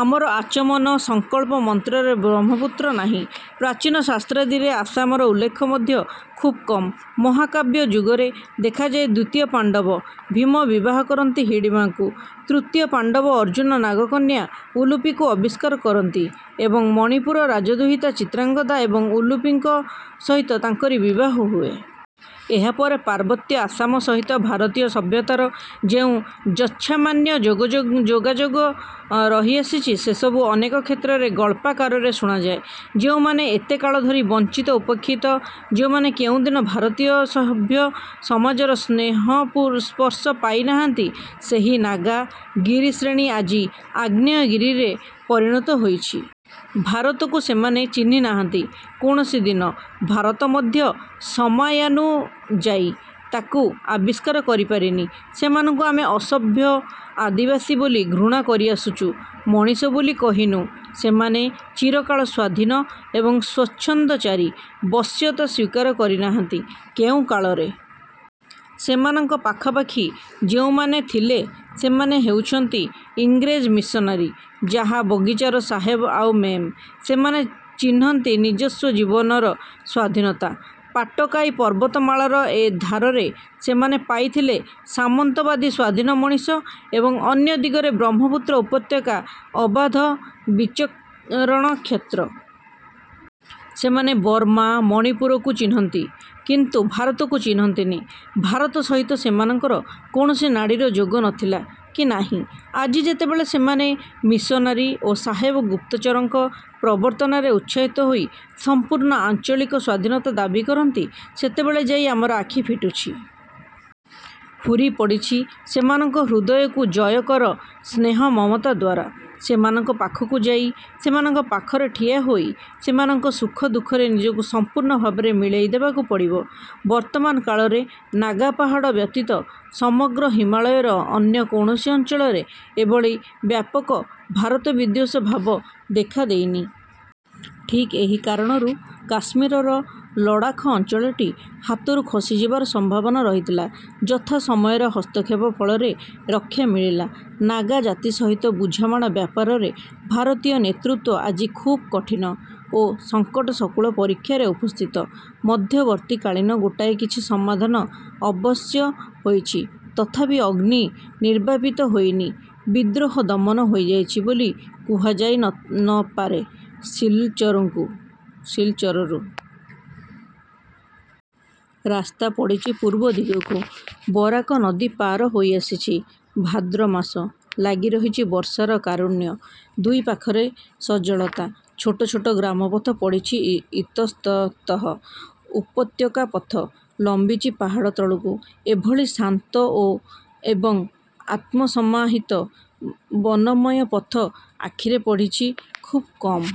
ଆମର ଆଚମନ, ସଙ୍କଳ୍ପ ମନ୍ତ୍ରରେ ବ୍ରହ୍ମପୁତ୍ର ନାହିଁ। ପ୍ରାଚୀନ ଶାସ୍ତ୍ରାଦିରେ ଆସାମର ଉଲ୍ଲେଖ ମଧ୍ୟ ଖୁବ୍ କମ୍। ମହାକାବ୍ୟ ଯୁଗରେ ଦେଖାଯାଏ ଦ୍ୱିତୀୟ ପାଣ୍ଡବ ଭୀମ ବିବାହ କରନ୍ତି ହିଡ଼ିମ୍ବାକୁ। ତୃତୀୟ ପାଣ୍ଡବ ଅର୍ଜୁନ ନାଗକନ୍ୟା ଉଲୁପୀକୁ ଅବିଷ୍କାର କରନ୍ତି ଏବଂ ମଣିପୁର ରାଜଦୁହିତା ଚିତ୍ରାଙ୍ଗଦା ଏବଂ ଉଲୁପୀଙ୍କ ସହିତ ତାଙ୍କରି ବିବାହ ହୁଏ। ଏହାପରେ ପାର୍ବତ୍ୟ ଆସାମ ସହିତ ଭାରତୀୟ ସଭ୍ୟତାର ଯେଉଁ ଯତ୍ସାମାନ୍ୟ ଯୋଗ ଯୋଗାଯୋଗ ରହିଆସିଛି, ସେସବୁ ଅନେକ କ୍ଷେତ୍ରରେ ଗଳ୍ପାକାରରେ ଶୁଣାଯାଏ। ଯେଉଁମାନେ ଏତେକାଳ ଧରି ବଞ୍ଚିତ ଉପେକ୍ଷିତ, ଯେଉଁମାନେ କେଉଁଦିନ ଭାରତୀୟ ସଭ୍ୟ ସମାଜର ସ୍ନେହସ୍ପର୍ଶ ପାଇ ନାହାନ୍ତି, ସେହି ନାଗା ଗିରିଶ୍ରେଣୀ ଆଜି ଆଗ୍ନେୟଗିରିରେ ପରିଣତ ହୋଇଛି। ଭାରତକୁ ସେମାନେ ଚିହ୍ନି ନାହାନ୍ତି କୌଣସି ଦିନ। ଭାରତ ମଧ୍ୟ ସମୟାନୁଯାୟୀ ତାକୁ ଆବିଷ୍କାର କରିପାରିନି। ସେମାନଙ୍କୁ ଆମେ ଅସଭ୍ୟ ଆଦିବାସୀ ବୋଲି ଘୃଣା କରିଆସିଚୁ ମଣିଷ ବୋଲି କହିନୁ। ସେମାନେ ଚିରକାଳ ସ୍ୱାଧୀନ ଏବଂ ସ୍ୱଚ୍ଛନ୍ଦଚାରୀ, ବଶ୍ୟତ ସ୍ୱୀକାର କରି ନାହାନ୍ତି କେଉଁ କାଳରେ। ସେମାନଙ୍କ ପାଖାପାଖି ଯେଉଁମାନେ ଥିଲେ, ସେମାନେ ହେଉଚନ୍ତି ଇଂରେଜ ମିଶନାରୀ, ଚାହା ବଗିଚାର ସାହେବ ଆଉ ମେମ୍। ସେମାନେ ଚିହ୍ନନ୍ତି ନିଜସ୍ୱ ଜୀବନର ସ୍ୱାଧୀନତା। ପାଟକାଇ ପର୍ବତମାଳାର ଏ ଧାରରେ ସେମାନେ ପାଇଥିଲେ ସାମନ୍ତବାଦୀ ସ୍ୱାଧୀନ ମଣିଷ ଏବଂ ଅନ୍ୟ ଦିଗରେ ବ୍ରହ୍ମପୁତ୍ର ଉପତ୍ୟକା ଅବାଧ ବିଚରଣ କ୍ଷେତ୍ର। ସେମାନେ ବର୍ମା, ମଣିପୁରକୁ ଚିହ୍ନନ୍ତି, କିନ୍ତୁ ଭାରତକୁ ଚିହ୍ନନ୍ତିନି। ଭାରତ ସହିତ ସେମାନଙ୍କର କୌଣସି ନାଡ଼ୀର ଯୋଗ ନ ଥିଲା କି ନାହିଁ। ଆଜି ଯେତେବେଳେ ସେମାନେ ମିଶନାରୀ ଓ ସାହେବ ଗୁପ୍ତଚରଙ୍କ ପ୍ରବର୍ତ୍ତନାରେ ଉତ୍ସାହିତ ହୋଇ ସମ୍ପୂର୍ଣ୍ଣ ଆଞ୍ଚଳିକ ସ୍ୱାଧୀନତା ଦାବି କରନ୍ତି, ସେତେବେଳେ ଯାଇ ଆମର ଆଖି ଫିଟୁଛି। ହୁରି ପଡ଼ିଛି ସେମାନଙ୍କ ହୃଦୟକୁ ଜୟ କର ସ୍ନେହ ମମତାଦ୍ୱାରା। ସେମାନଙ୍କ ପାଖକୁ ଯାଇ, ସେମାନଙ୍କ ପାଖରେ ଠିଆ ହୋଇ ସେମାନଙ୍କ ସୁଖ ଦୁଃଖରେ ନିଜକୁ ସମ୍ପୂର୍ଣ୍ଣ ଭାବରେ ମିଳେଇଦେବାକୁ ପଡ଼ିବ। ବର୍ତ୍ତମାନ କାଳରେ ନାଗାପାହାଡ଼ ବ୍ୟତୀତ ସମଗ୍ର ହିମାଳୟର ଅନ୍ୟ କୌଣସି ଅଞ୍ଚଳରେ ଏଭଳି ବ୍ୟାପକ ଭାରତ-ବିଦ୍ୱେଷ ଭାବ ଦେଖାଦେଇନି। ଠିକ୍ ଏହି କାରଣରୁ କାଶ୍ମୀରର ଲଡ଼ାଖ ଅଞ୍ଚଳଟି ହାତରୁ ଖସିଯିବାର ସମ୍ଭାବନା ରହିଥିଲା ଯଥା ସମୟରେ ହସ୍ତକ୍ଷେପ ଫଳରେ ରକ୍ଷା ମିଳିଲା। ନାଗା ଜାତି ସହିତ ବୁଝାମଣା ବ୍ୟାପାରରେ ଭାରତୀୟ ନେତୃତ୍ୱ ଆଜି ଖୁବ୍ କଠିନ ଓ ସଙ୍କଟ ସଙ୍କୁଳ ପରୀକ୍ଷାରେ ଉପସ୍ଥିତ। ମଧ୍ୟବର୍ତ୍ତୀକାଳୀନ ଗୋଟାଏ କିଛି ସମାଧାନ ଅବଶ୍ୟ ହୋଇଛି; ତଥାପି ଅଗ୍ନି ନିର୍ବାପିତ ହୋଇନି, ବିଦ୍ରୋହ ଦମନ ହୋଇଯାଇଛି ବୋଲି କୁହାଯାଇ ନ ପାରେ। ସିଲଚରରୁ ରାସ୍ତା ପଡ଼ିଚି ପୂର୍ବ ଦିଗକୁ। ବରାକ ନଦୀ ପାର ହୋଇଆସିଛି। ଭାଦ୍ର ମାସ। ଲାଗିରହିଛି ବର୍ଷାର କାରୁଣ୍ୟ, ଦୁଇ ପାଖରେ ସଜଳତା। ଛୋଟ ଛୋଟ ଗ୍ରାମପଥ ପଡ଼ିଛି ଇତସ୍ତତଃ। ଉପତ୍ୟକାପଥ ଲମ୍ବିଚି ପାହାଡ଼ ତଳକୁ। ଏଭଳି ଶାନ୍ତ ଏବଂ ଆତ୍ମସମାହିତ ବନମୟ ପଥ ଆଖିରେ ପଡ଼ିଛି ଖୁବ୍ କମ୍।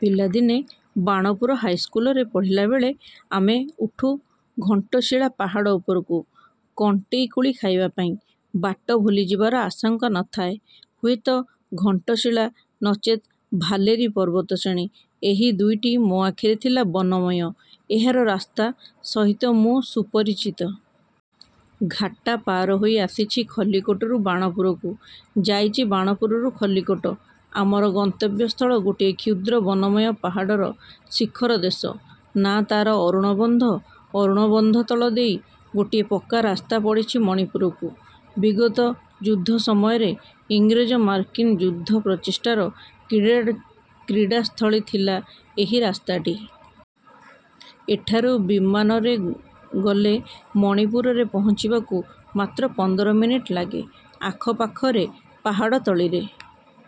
ପିଲାଦିନେ ବାଣପୁର ହାଇସ୍କୁଲରେ ପଢ଼ିଲାବେଳେ ଆମେ ଉଠୁ ଘଣ୍ଟଶିଳା ପାହାଡ଼ ଉପରକୁ କଣ୍ଟେଇକୋଳି ଖାଇବା ପାଇଁ। ବାଟ ଭୁଲିଯିବାର ଆଶଙ୍କା ନ ଥାଏ। ହୁଏତ ଘଣ୍ଟଶିଳା, ନଚେତ୍ ଭାଲେରୀ ପର୍ବତଶ୍ରେଣୀ, ଏହି ଦୁଇଟି ମୋ ଆଖିରେ ଥିଲା ବନମୟ। ଏହାର ରାସ୍ତା ସହିତ ମୁ ସୁପରିଚିତ। ଘାଟା ପାର ହୋଇ ଆସିଛି ଖଲ୍ଲିକୋଟରୁ ବାଣପୁରକୁ, ଯାଇଚି ବାଣପୁରରୁ ଖଲ୍ଲିକୋଟ। ଆମର ଗନ୍ତବ୍ୟସ୍ଥଳ ଗୋଟିଏ କ୍ଷୁଦ୍ର ବନମୟ ପାହାଡ଼ର ଶିଖରଦେଶ। ନାଁ ତାର ଅରୁଣବନ୍ଧ। ଅରୁଣବନ୍ଧ ତଳ ଦେଇ ଗୋଟିଏ ପକ୍କା ରାସ୍ତା ପଡ଼ିଛି ମଣିପୁରକୁ। ବିଗତ ଯୁଦ୍ଧ ସମୟରେ ଇଂରେଜ ମାର୍କିନ ଯୁଦ୍ଧପ୍ରଚେଷ୍ଟାର କ୍ରୀଡ଼ାସ୍ଥଳୀ ଥିଲା ଏହି ରାସ୍ତାଟି। ଏଠାରୁ ବିମାନରେ ଗଲେ ମଣିପୁରରେ ପହଞ୍ଚିବାକୁ ମାତ୍ର ପନ୍ଦର ମିନିଟ ଲାଗେ। ଆଖପାଖରେ ପାହାଡ଼ତଳିରେ--